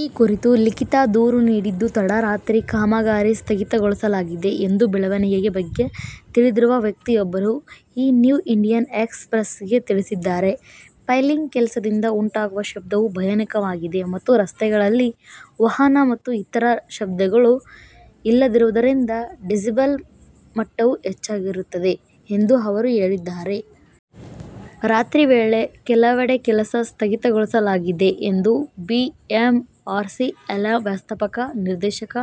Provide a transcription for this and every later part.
ಈ ಕುರಿತು ಲಿಖಿತ ದೂರು ನೀಡಿದ್ದು, ತಡರಾತ್ರಿ ಕಾಮಗಾರಿ ಸ್ಥಗಿತಗೊಳಿಸಲಾಗಿದೆ ಎಂದು ಬೆಳವಣಿಗೆಗಳ ಬಗ್ಗೆ ತಿಳಿದಿರುವ ವ್ಯಕ್ತಿಯೊಬ್ಬರು ಈ ನ್ಯೂ ಇಂಡಿಯನ್ ಎಕ್ಸ್ ಪ್ರೆಸ್ ಗೆ ತಿಳಿಸಿದ್ದಾರೆ. ಪೈಲಿಂಗ್ ಕೆಲಸದಿಂದ ಉಂಟಾಗುವ ಶಬ್ದವು ಭಯಾನಕವಾಗಿದೆ ಮತ್ತು ರಸ್ತೆಗಳಲ್ಲಿ ವಾಹನ ಮತ್ತು ಇತರ ಶಬ್ದಗಳು ಇಲ್ಲದಿರುವುದರಿಂದ ಡೆಸಿಬಲ್ ಮಟ್ಟವು ಹೆಚ್ಚಾಗಿರುತ್ತದೆ, "ಎಂದು ಅವರು ಹೇಳಿದ್ದಾರೆ. ರಾತ್ರಿಯ ವೇಳೆ ಕೆಲವೆಡೆ ಕೆಲಸ ಸ್ಥಗಿತಗೊಳಿಸಲಾಗಿದೆ ಎಂದು ಬಿಎಂಆರ್ಸಿಎಲ್ನ ವ್ಯವಸ್ಥಾಪಕ ನಿರ್ದೇಶಕ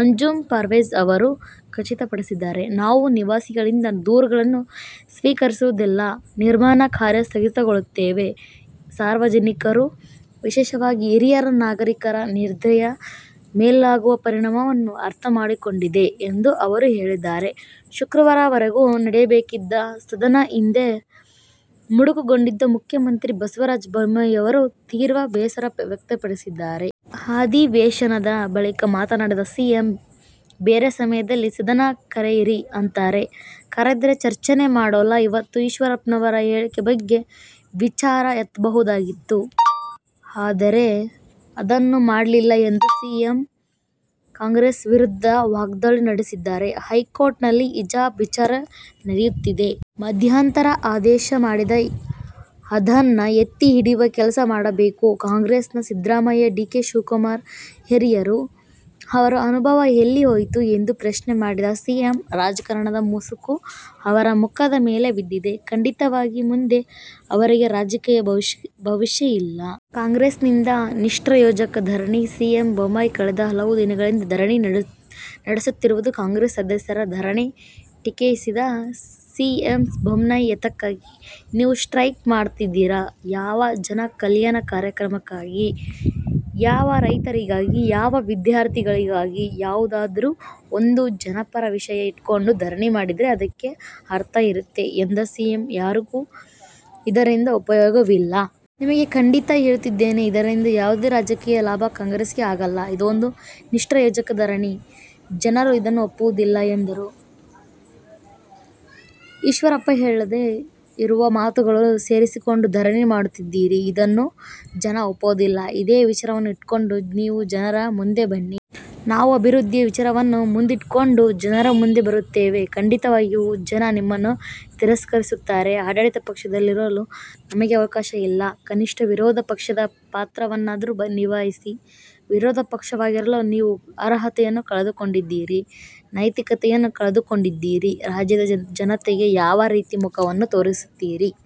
ಅಂಜುಮ್ ಪರ್ವೇಜ್ ಅವರು ಖಚಿತಪಡಿಸಿದ್ದಾರೆ. "ನಾವು ನಿವಾಸಿಗಳಿಂದ ದೂರುಗಳನ್ನು ಸ್ವೀಕರಿಸಿದಲ್ಲೆಲ್ಲಾ ನಿರ್ಮಾಣ ಕಾರ್ಯ ಸ್ಥಗಿತಗೊಳಿಸಿದ್ದೇವೆ. ಸಾರ್ವಜನಿಕರು, ವಿಶೇಷವಾಗಿ ಹಿರಿಯ ನಾಗರಿಕರ ನಿದ್ರೆಯ ಮೇಲಾಗುವ ಪರಿಣಾಮವನ್ನು ಅರ್ಥಮಾಡಿಕೊಂಡಿದೆ" ಎಂದು ಅವರು ಹೇಳಿದ್ದಾರೆ. ಶುಕ್ರವಾರದ ವರೆಗೆ ನಡೆಯಬೇಕಿದ್ದ ಸದನ ಇಂದೇ ಮೊಟಕುಗೊಂಡಿದ್ದಕ್ಕೆ ಮುಖ್ಯಮಂತ್ರಿ ಬಸವರಾಜ ಬೊಮ್ಮಾಯಿ ಅವರು ತೀವ್ರ ಬೇಸರ ವ್ಯಕ್ತಪಡಿಸಿದ್ದಾರೆ. ಅಧಿವೇಶನದ ಬಳಿಕ ಮಾತನಾಡಿದ ಸಿಎಂ, ಬೇರೆ ಸಮಯದಲ್ಲಿ ಸದನ ಕರೆಯಿರಿ ಅಂತಾರೆ, ಕರೆದ್ರೆ ಚರ್ಚೆನೇ ಮಾಡೊಲ್ಲ. ಇವತ್ತು ಈಶ್ವರಪ್ಪನವರ ಹೇಳಿಕೆ ಬಗ್ಗೆ ವಿಚಾರ ಎತ್ತಬಹುದಾಗಿತ್ತು. ಆದರೆ ಅದನ್ನು ಮಾಡಲಿಲ್ಲ ಎಂದು ಸಿಎಂ ಕಾಂಗ್ರೆಸ್ ವಿರುದ್ಧ ವಾಗ್ದಾಳಿ ನಡೆಸಿದರು. ಹೈಕೋರ್ಟ್ ನಲ್ಲಿ ಹಿಜಾಬ್ ವಿಚಾರ ವಿಚಾರಣೆ ನಡೆಯುತ್ತಿದೆ. ಮಧ್ಯಂತರ ಆದೇಶ ಮಾಡಿದೆ ಅದನ್ನ ಎತ್ತಿ ಹಿಡಿಯುವ ಕೆಲಸ ಮಾಡಬೇಕು. ಕಾಂಗ್ರೆಸ್ನ ಸಿದ್ದರಾಮಯ್ಯ, ಡಿಕೆ ಶಿವಕುಮಾರ್ ಹಿರಿಯರು. ಅವರ ಅನುಭವ ಎಲ್ಲಿ ಹೊಯಿತು ಎಂದು ಪ್ರಶ್ನೆ ಮಾಡಿದ ಸಿಎಂ, ರಾಜಕಾರಣದ ಮುಸುಕು ಅವರ ಮುಖದ ಮೇಲೆ ಬಿದ್ದಿದೆ. ಖಂಡಿತವಾಗಿ ಮುಂದೆ ಅವರಿಗೆ ರಾಜಕೀಯ ಭವಿಷ್ಯ ಇಲ್ಲ. ಕಾಂಗ್ರೆಸ್ನಿಂದ ನಿಷ್ಪ್ರಯೋಜಕ ಧರಣಿ – ಸಿಎಂ ಬೊಮ್ಮಾಯಿ ಕಳೆದ ಹಲವು ದಿನಗಳಿಂದ ಧರಣಿ ನಡೆಸುತ್ತಿರುವ ಕಾಂಗ್ರೆಸ್ ಸದಸ್ಯರ ಧರಣಿ ಟೀಕಿಸಿದ ಸಿಎಂ ಬೊಮ್ಮಾಯಿ, ಯಾತಕ್ಕಾಗಿ ನೀವು ಸ್ಟ್ರೈಕ್ ಮಾಡ್ತಾ ಇದ್ದೀರಿ? ಯಾವ ಜನ ಕಲ್ಯಾಣ ಕಾರ್ಯಕ್ರಮಕ್ಕಾಗಿ.. ಯಾವ ರೈತರಿಗಾಗಿ, ಯಾವ ವಿದ್ಯಾರ್ಥಿಗಳಿಗಾಗಿ.. ಯಾವುದಾದ್ರೂ ಒಂದು ಜನಪರ ವಿಷಯ ಇಟ್ಟುಕೊಂಡು ಧರಣಿ ಮಾಡಿದ್ರೆ ಅದಕ್ಕೆ ಅರ್ಥ ಇರುತ್ತೆ ಎಂದ ಸಿಎಂ, ಯಾರಿಗೂ ಇದರಿಂದ ಉಪಯೋಗವಿಲ್ಲ. ನಿಮಗೆ ಖಂಡಿತಾ ಹೇಳುತ್ತಿದ್ದೇನೆ ಇದರಿಂದ ಯಾವುದೇ ರಾಜಕೀಯ ಲಾಭ ಕಾಂಗ್ರೆಸ್ ಗೆ ಆಗಲ್ಲ. ಇದೊಂದು ನಿಷ್ಪ್ರಯೋಜಕ ಧರಣಿ. ಜನರು ಇದನ್ನು ಒಪ್ಪುವುದಿಲ್ಲ ಎಂದರು. ಈಶ್ವರಪ್ಪ ಹೇಳದೇ ಇರುವ ಮಾತುಗಳನ್ನು ಸೇರಿಸಿಕೊಂಡು ಧರಣಿ ಮಾಡುತ್ತಿದ್ದೀರಿ? ಇದನ್ನು ಜನ ಒಪ್ಪುವುದಿಲ್ಲ. ಇದೇ ವಿಚಾರವನ್ನು ಇಟ್ಟುಕೊಂಡು ನೀವು ಜನರ ಮುಂದೆ ಬನ್ನಿ.. ನಾವು ಅಭಿವೃದ್ಧಿಯ ವಿಚಾರವನ್ನು ಮುಂದಿಟ್ಟುಕೊಂಡು ಜನರ ಮುಂದೆ ಬರುತ್ತೇವೆ. ಖಂಡಿತವಾಗಿ ಜನ ನಿಮ್ಮನ್ನು ತಿರಸ್ಕರಿಸುತ್ತಾರೆ. ಆಡಳಿತ ಪಕ್ಷದಲ್ಲಿರಲು ನಿಮಗೆ ಅವಕಾಶ ಇಲ್ಲ. ಕನಿಷ್ಠ ವಿರೋಧ ಪಕ್ಷದ ಪಾತ್ರವನ್ನಾದ್ರೂ ನಿಭಾಯಿಸಿ. ವಿರೋಧ ಪಕ್ಷವಾಗಿರಲು ನೀವು ಅರ್ಹತೆಯನ್ನು ಕಳೆದುಕೊಂಡಿದ್ದೀರಿ. ನೈತಿಕತೆಯನ್ನು ಕಳೆದುಕೊಂಡಿದ್ದೀರಿ. ರಾಜ್ಯದ ಜನತೆಗೆ ಯಾವ ರೀತಿ ಮುಖವನ್ನು ತೋರಿಸುತ್ತೀರಿ.